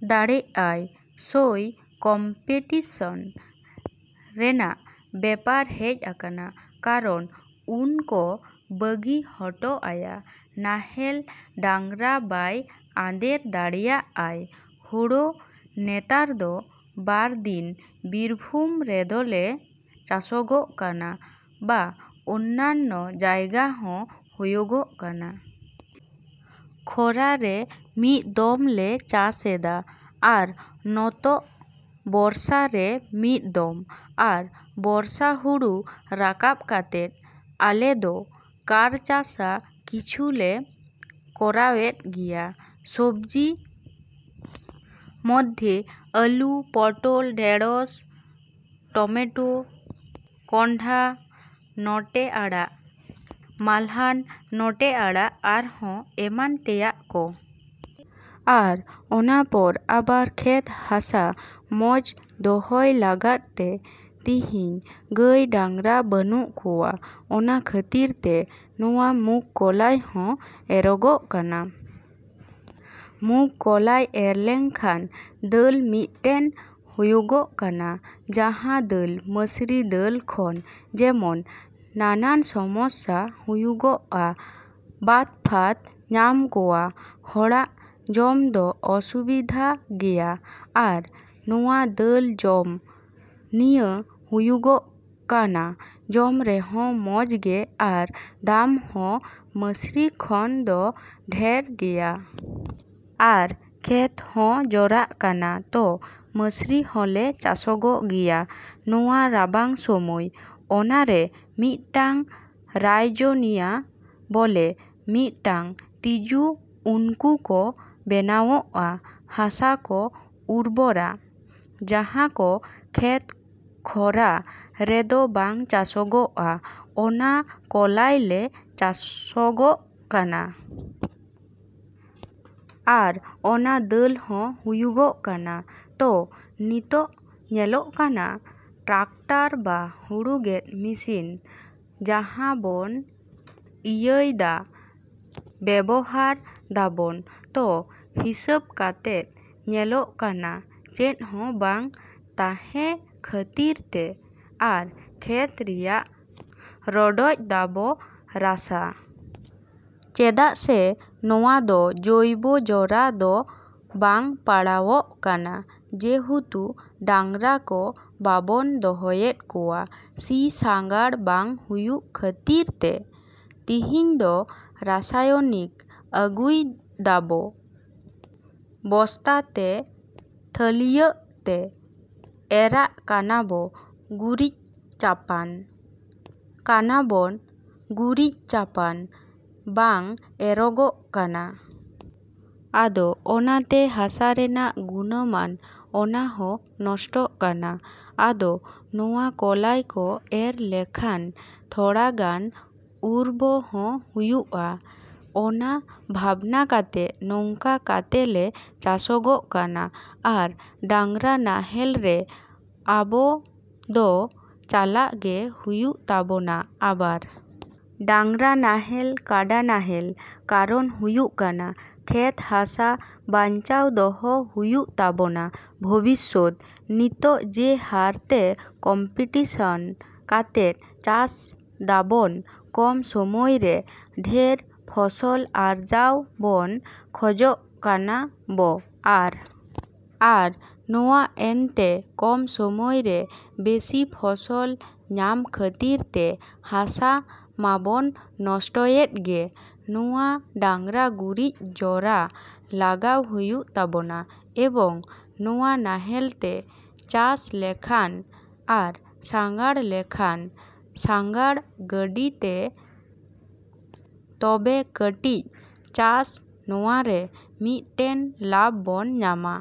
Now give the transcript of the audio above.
ᱫᱟᱲᱮᱜ ᱟᱭ ᱥᱚᱭ ᱠᱚᱢᱯᱮᱴᱤᱥᱚᱱ ᱨᱮᱱᱟᱜ ᱵᱮᱯᱟᱨ ᱦᱮᱡ ᱟᱠᱟᱱᱟ᱾ ᱠᱟᱨᱚᱱ ᱩᱱ ᱠᱚ ᱵᱟᱹᱜᱤ ᱦᱚᱴᱚ ᱟᱭᱟ ᱱᱟᱦᱮᱞ ᱰᱟᱝᱨᱟ ᱵᱟᱭ ᱟᱫᱮᱨ ᱫᱟᱲᱮᱭᱟᱜᱼᱟᱭ᱾ ᱦᱳᱲᱳ ᱱᱮᱛᱟᱨ ᱫᱚ ᱵᱟᱨ ᱫᱤᱱ ᱵᱤᱨᱵᱷᱩᱢ ᱨᱮᱫᱚᱞᱮ ᱪᱟᱥᱚᱜᱚᱜ ᱠᱟᱱᱟ᱾ ᱵᱟ ᱚᱱᱱᱟᱱᱱᱚ ᱡᱟᱭᱜᱟ ᱦᱚᱸ ᱦᱳᱭᱳᱜᱳᱜ ᱠᱟᱱᱟ᱾ ᱠᱷᱚᱨᱟ ᱨᱮ ᱢᱤᱫ ᱫᱚᱢ ᱞᱮ ᱪᱟᱥᱮᱫᱟ ᱟᱨ ᱱᱚᱛᱳᱜ ᱵᱚᱨᱥᱟ ᱨᱮ ᱢᱤᱫ ᱫᱚᱢ᱾ ᱟᱨ ᱵᱚᱨᱥᱟ ᱦᱩᱲᱩ ᱨᱟᱠᱟᱵ ᱠᱟᱛᱮ ᱟᱞᱮ ᱫᱚ ᱠᱟᱨᱪᱟᱥᱟ ᱠᱤᱪᱷᱩᱞᱮ ᱠᱚᱨᱟᱣᱮᱫ ᱜᱮᱭᱟ᱾ ᱥᱚᱵᱽᱡᱤ ᱢᱚᱫᱽᱫᱷᱮ ᱟᱞᱩ, ᱯᱚᱴᱚᱞ, ᱰᱷᱮᱬᱚᱥ, ᱴᱚᱢᱮᱴᱳ, ᱠᱚᱸᱰᱷᱟ ᱱᱚᱴᱮ ᱟᱲᱟᱜ ᱢᱟᱞᱦᱟᱱ ᱱᱚᱴᱮ ᱟᱲᱟᱜ ᱟᱨᱦᱚᱸ ᱮᱢᱟᱱ ᱛᱮᱭᱟᱜ ᱠᱚ᱾ ᱟᱨ ᱚᱱᱟ ᱯᱚᱨ ᱟᱵᱟᱨ ᱠᱷᱮᱛ ᱦᱟᱥᱟ ᱢᱚᱸᱡᱽ ᱫᱚᱦᱟᱭ ᱞᱟᱜᱟᱫ ᱛᱮ ᱛᱤᱦᱤᱧ ᱜᱟᱹᱭ ᱰᱟᱝᱨᱟ ᱵᱟᱱᱩᱜ ᱠᱚᱣᱟ ᱚᱱᱟ ᱠᱷᱟᱹᱛᱤᱨ ᱛᱮ ᱱᱚᱣᱟ ᱢᱩᱜᱽ ᱠᱚᱞᱟᱭ ᱦᱚᱸ ᱮᱨᱚᱜᱚᱜ ᱠᱟᱱᱟ᱾ ᱢᱩᱸᱜᱽ ᱠᱚᱞᱟᱭ ᱮᱨ ᱞᱮᱠᱷᱟᱱ ᱫᱟᱹᱞ ᱢᱤᱫᱽᱴᱮᱱ ᱦᱩᱭᱩᱜᱚᱜ ᱠᱟᱱᱟ᱾ ᱡᱟᱦᱟᱸ ᱫᱟᱹᱞ, ᱢᱟᱹᱥᱨᱤ ᱫᱟᱹᱞ ᱠᱷᱚᱱ ᱡᱮᱢᱚᱱ ᱱᱟᱱᱟᱱ ᱥᱚᱢᱚᱥᱥᱟ ᱦᱩᱭᱩᱜᱚᱜᱼᱟ ᱵᱟᱛᱼᱯᱷᱟᱛ ᱧᱟᱢ ᱠᱚᱣᱟ, ᱦᱚᱲᱟᱜ ᱡᱚᱢ ᱫᱚ ᱚᱥᱩᱵᱤᱫᱷᱟ ᱜᱮᱭᱟ ᱟᱨ ᱱᱚᱣᱟ ᱫᱟᱹᱞ ᱡᱚᱢ ᱱᱤᱭᱟᱹ ᱦᱩᱭᱩᱜᱚᱜ ᱠᱟᱱᱟ ᱡᱚᱢ ᱨᱮᱦᱚᱸ ᱢᱚᱸᱡᱽ ᱜᱮ ᱟᱨ ᱫᱟᱢ ᱦᱚᱸ ᱢᱟᱹᱥᱨᱤ ᱠᱷᱚᱱ ᱫᱚ ᱰᱷᱮᱹᱨ ᱜᱮᱭᱟ᱾ ᱟᱨ ᱠᱷᱮᱛ ᱦᱚᱸ ᱡᱚᱨᱟᱜ ᱠᱟᱱᱟ᱾ ᱛᱚ, ᱢᱟᱹᱥᱨᱤ ᱦᱚᱸᱞᱮ ᱪᱟᱥᱚᱜᱚᱜ ᱜᱮᱭᱟ ᱱᱚᱣᱟ ᱨᱟᱵᱟᱝ ᱥᱚᱢᱚᱭ᱾ ᱚᱱᱟᱨᱮ ᱢᱤᱫᱴᱟᱝ ᱨᱟᱭᱡᱚᱱᱤᱭᱟ ᱵᱚᱞᱮ ᱢᱤᱫᱴᱟᱝ ᱛᱤᱡᱩ ᱩᱱᱠᱩ ᱠᱚ ᱵᱮᱱᱟᱣᱚᱜᱼᱟ᱾ ᱦᱟᱥᱟ ᱠᱚ ᱩᱨᱵᱚᱨᱟ᱾ ᱡᱟᱦᱟᱸ ᱠᱚ ᱠᱷᱮᱛ ᱠᱷᱚᱨᱟ ᱨᱮᱫᱚ ᱵᱟᱝ ᱪᱟᱥᱚᱜᱚᱜᱼᱟ, ᱚᱱᱟ ᱠᱚᱞᱟᱭ ᱞᱮ ᱪᱟᱥᱚᱜᱚᱜ ᱠᱟᱱᱟ᱾ ᱟᱨ ᱚᱱᱟ ᱫᱟᱹᱞ ᱦᱚᱸ ᱦᱩᱭᱩᱜᱚᱜ ᱠᱟᱱᱟ᱾ ᱛᱚ ᱱᱤᱛᱳᱜ ᱧᱮᱞᱚᱜ ᱠᱟᱱᱟ ᱴᱨᱟᱠᱴᱟᱨ ᱵᱟ ᱦᱩᱲᱩ ᱜᱮᱫ ᱢᱮᱹᱥᱤᱱ ᱡᱟᱦᱟᱸ ᱵᱚᱱ ᱤᱭᱟᱹᱭ ᱫᱟ ᱵᱮᱵᱚᱦᱟᱨ ᱫᱟᱵᱚᱱ ᱛᱚ ᱦᱤᱸᱥᱟᱹᱵᱽ ᱠᱟᱛᱮ ᱧᱮᱞᱚᱜ ᱠᱟᱱᱟ ᱪᱮᱫ ᱦᱚᱸ ᱵᱟᱝ ᱛᱟᱦᱮᱸ ᱠᱷᱟᱹᱛᱤᱨ ᱛᱮ ᱟᱨ ᱠᱷᱮᱛ ᱨᱮᱭᱟᱜ ᱨᱚᱰᱚᱡ ᱫᱟᱵᱚ ᱨᱟᱥᱟ᱾ ᱪᱮᱫᱟᱜ ᱥᱮ ᱱᱚᱣᱟ ᱫᱚ ᱡᱳᱭᱵᱚ ᱡᱚᱨᱟ ᱫᱚ ᱵᱟᱝ ᱯᱟᱲᱟᱣᱚᱜ ᱠᱟᱱᱟ᱾ ᱡᱮᱦᱮᱛᱩ ᱰᱟᱝᱨᱟ ᱠᱚ ᱵᱟᱵᱚᱱ ᱫᱚᱦᱚᱭᱮᱫ ᱠᱚᱣᱟ ᱥᱤ ᱥᱟᱜᱟᱲ ᱵᱟᱝ ᱦᱩᱭᱩᱜ ᱠᱷᱟᱹᱛᱤᱨ ᱛᱮ᱾ ᱛᱤᱦᱤᱧ ᱫᱚ ᱨᱟᱥᱟᱭᱱᱤᱠ ᱟᱹᱜᱩᱭ ᱫᱟᱵᱚ, ᱵᱚᱥᱛᱟ ᱛᱮ ᱛᱷᱟᱹᱭᱞᱟᱹᱜ ᱛᱮ ᱮᱨᱟᱜ ᱠᱟᱱᱟᱵᱚ ᱜᱩᱨᱤᱪ ᱪᱟᱯᱟᱱ ᱠᱟᱱᱟᱵᱚᱱ ᱜᱩᱨᱤᱡ ᱪᱟᱯᱟᱱ ᱵᱟᱝ ᱮᱨᱚᱜᱚᱜ ᱠᱟᱱᱟ᱾ ᱟᱫᱚ ᱚᱱᱟᱛᱮ ᱦᱟᱥᱟ ᱨᱮᱱᱟᱜ ᱜᱩᱱᱼᱢᱟᱱ ᱚᱱᱟᱦᱚᱸ ᱱᱚᱥᱴᱚᱜ ᱠᱟᱱᱟ᱾ ᱟᱫᱚ ᱱᱚᱣᱟ ᱠᱚᱞᱟᱭ ᱠᱚ ᱮᱨ ᱞᱮᱠᱷᱟᱱ ᱛᱷᱚᱲᱟᱜᱟᱱ ᱩᱨᱵᱚᱨ ᱦᱚᱸ ᱦᱩᱭᱩᱜᱼᱟ, ᱚᱱᱟ ᱵᱷᱟᱵᱽᱱᱟ ᱠᱟᱛᱮ ᱱᱚᱝᱠᱟ ᱠᱟᱛᱮ ᱞᱮ ᱪᱟᱥᱚᱜᱚᱜ ᱠᱟᱱᱟ᱾ ᱟᱨ ᱰᱟᱝᱨᱟ ᱱᱟᱦᱮᱞ ᱨᱮ ᱟᱵᱚ ᱫᱚ ᱪᱟᱞᱟᱜ ᱜᱮ ᱦᱩᱭᱩᱜ ᱛᱟᱵᱚᱱᱟ ᱟᱵᱟᱨ᱾ ᱰᱟᱝᱨᱟ ᱱᱟᱦᱮᱞ, ᱠᱟᱰᱟ ᱱᱟᱦᱮᱞ ᱠᱟᱨᱚᱱ ᱦᱩᱭᱩᱜ ᱠᱟᱱᱟ᱾ ᱠᱷᱮᱛ ᱦᱟᱥᱟ ᱵᱟᱧᱪᱟᱣ ᱫᱚᱦᱚᱭ ᱦᱩᱭᱩᱜ ᱛᱟᱵᱚᱱᱟ᱾ ᱵᱷᱚᱵᱤᱥᱥᱚᱛ, ᱱᱤᱛᱳᱜ ᱡᱮ ᱦᱟᱨ ᱛᱮ ᱠᱚᱢᱯᱮᱴᱤᱥᱚᱱ ᱠᱟᱛᱮ ᱪᱟᱥ ᱫᱟᱵᱚᱱ ᱠᱚᱢ ᱥᱚᱢᱚᱭ ᱨᱮ ᱰᱷᱮᱹᱨ ᱯᱷᱚᱥᱚᱞ ᱟᱨᱡᱟᱣ ᱵᱚᱱ ᱠᱷᱚᱡᱽ ᱠᱟᱱᱟ ᱵᱚ ᱟᱨ ᱟᱨ ᱱᱚᱣᱟ ᱮᱱᱛᱮᱫ ᱠᱚᱢ ᱥᱚᱢᱚᱭ ᱨᱮ ᱵᱮᱥᱤ ᱯᱷᱚᱥᱚᱞ ᱧᱟᱢ ᱠᱷᱟᱹᱛᱤᱨ ᱛᱮ ᱦᱟᱥᱟ ᱢᱟᱵᱚᱱ ᱱᱚᱥᱴᱚᱭᱮᱫ ᱜᱮ ᱱᱚᱣᱟ ᱰᱟᱝᱨᱟ ᱜᱩᱨᱤᱡ ᱡᱚᱨᱟ ᱞᱟᱜᱟᱣ ᱦᱩᱭᱩᱜ ᱛᱟᱵᱚᱱᱟ ᱮᱵᱚᱝ ᱱᱚᱣᱟ ᱱᱟᱦᱮᱞ ᱛᱮ ᱪᱟᱥ ᱞᱮᱠᱷᱟᱱ ᱟᱨ ᱥᱟᱜᱟᱲ ᱞᱮᱠᱷᱟᱱ ᱥᱟᱜᱟᱲ ᱜᱟᱹᱰᱤ ᱛᱮ ᱛᱚᱵᱮ ᱠᱟᱹᱴᱤᱡ ᱪᱟᱹᱥᱤ ᱱᱚᱣᱟᱨᱮ ᱢᱤᱫᱴᱮᱱ ᱞᱟᱵᱷ ᱵᱚᱱ ᱧᱟᱢᱟ᱾